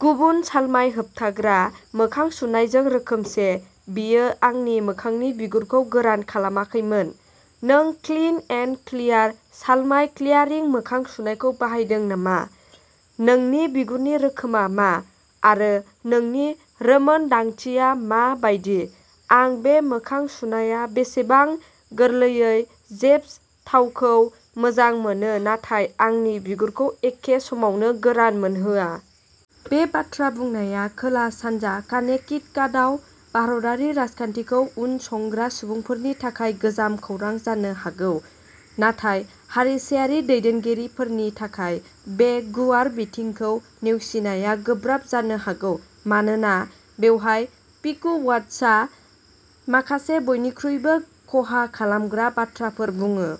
गुबुन सालमाय होबथाग्रा मोखां सुनायजों रोखोमसे, बेयो आंनि मोखांनि बिगुरखौ गोरान खालामाखैमोन। नों क्लिन एन्ड क्लियार सालमाय क्लियारिं मोखां सुनायखौ बाहायदों नामा? नोंनि बिगुरनि रोखोमआ मा आरो नोंनि रोंमोनदांथिया मा बायदि? आं बे मोखां सुनाया बेसेबां गोरलैयै जेप्स थावखौ मोजां मोनो नाथाय आंनि बिगुरखौ एखे समावनो गोरान मोनहोआ? बे बाथ्रा बुंनाया खोला-सानजा कानेक्टिकाटआव भारतारि राजखान्थिखौ उनसंग्रा सुबुंफोरनि थाखाय गोजाम खौरां जानो हागौ। नाथाय हारिसायारि दैदेनगिरिफोरनि थाखाय बे गुवार बिथिंखौ नेवसिनाया गोब्राब जानो हागौ मानोना बेवहाय पिकुवट्सआ माखासे बयनिख्रुइबो खहा खालामग्रा बाथ्राफोर बुङो।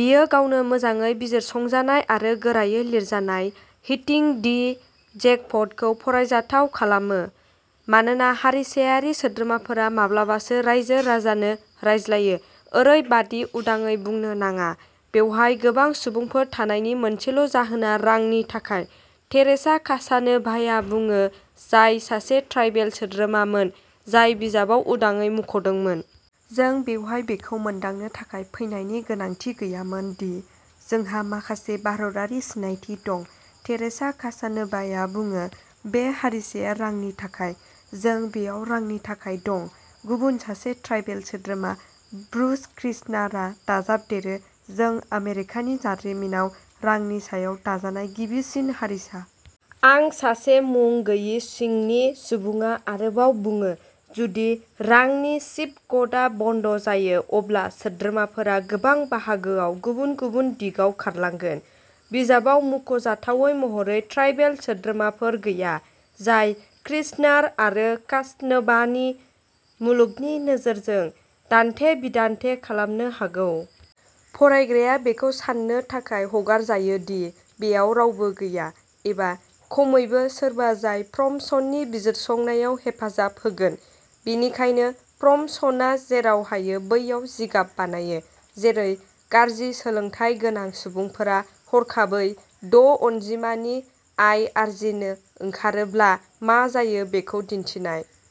बेयो गावनो मोजाङै बिजिरसंजानाय आरो गोरायै लिरजानाय "हिटिं दि जेकप'ट" खौ फरायजाथाव खालामो, मानोना हारिसायारि सोद्रोमाफोरा माब्लाबासो रायजो राजानो रायज्लायो, ओरैबादि उदाङै बुंनो नाङा। "बेवहाय गोबां सुबुंफोर थानायनि मोनसेल'जाहोना रांनि थाखाय। थेरेसा कासानोभाया बुङो, जाय सासे ट्राइबेल सोद्रोमामोन, जाय बिजाबाव उदाङै मुंख'दोंमोन। जों बेवहाय बेखौ मोनदांनो थाखाय फैनायनि गोनांथि गैयामोन दि जोंहा माखासे भारतारि सिनायथि दं ", थेरेसा कासानोभाया बुङो। " बे हारिसाया रांनि थाखाय। जों बेयाव रांनि थाखाय दं। "गुबुन सासे ट्राइबेल सोद्रोमा, ब्रुस किर्चनारआ दाजाबदेरो," जों आमेरिकानि जारिमिनाव रांनि सायाव दाजानाय गिबिसिन हारिसा। "आरो सासे मुं गैयै सिंनि सुबुंआ आरोबाव बुङो," जुदि रांनि स्पिग'टआ बन्द जायो, अब्ला सोद्रोमाफोरा गोबां बाहागोआव गुबुन गुबुन दिगाव खारलांगोन। "बिजाबाव मुंख'जाथावै महरै ट्राइबेल सोद्रोमाफोर गैया, जाय किर्चनार आरो कासानोभानि मुलुगनि नोजोरखौ दान्थे-बिदान्थे खालामनो हागौ। फरायग्राया बेखौ सान्नो थाखाय हगारजायो दि बेयाव रावबो गैया, एबा खमैबो सोरबा जाय फ्रमसननि बिजिरसंनायाव हेफाजाब होगोन। बेनिखायनो फ्रमसनआ जेराव हायो बैयाव जिगाब बानायो, जेरै गाज्रि सोलोंथाय गोनां सुबुंफोरा हरखाबै द'अनजिमानि आय आर्जिनो ओंखारोब्ला मा जायो बेखौ दिन्थिनाय।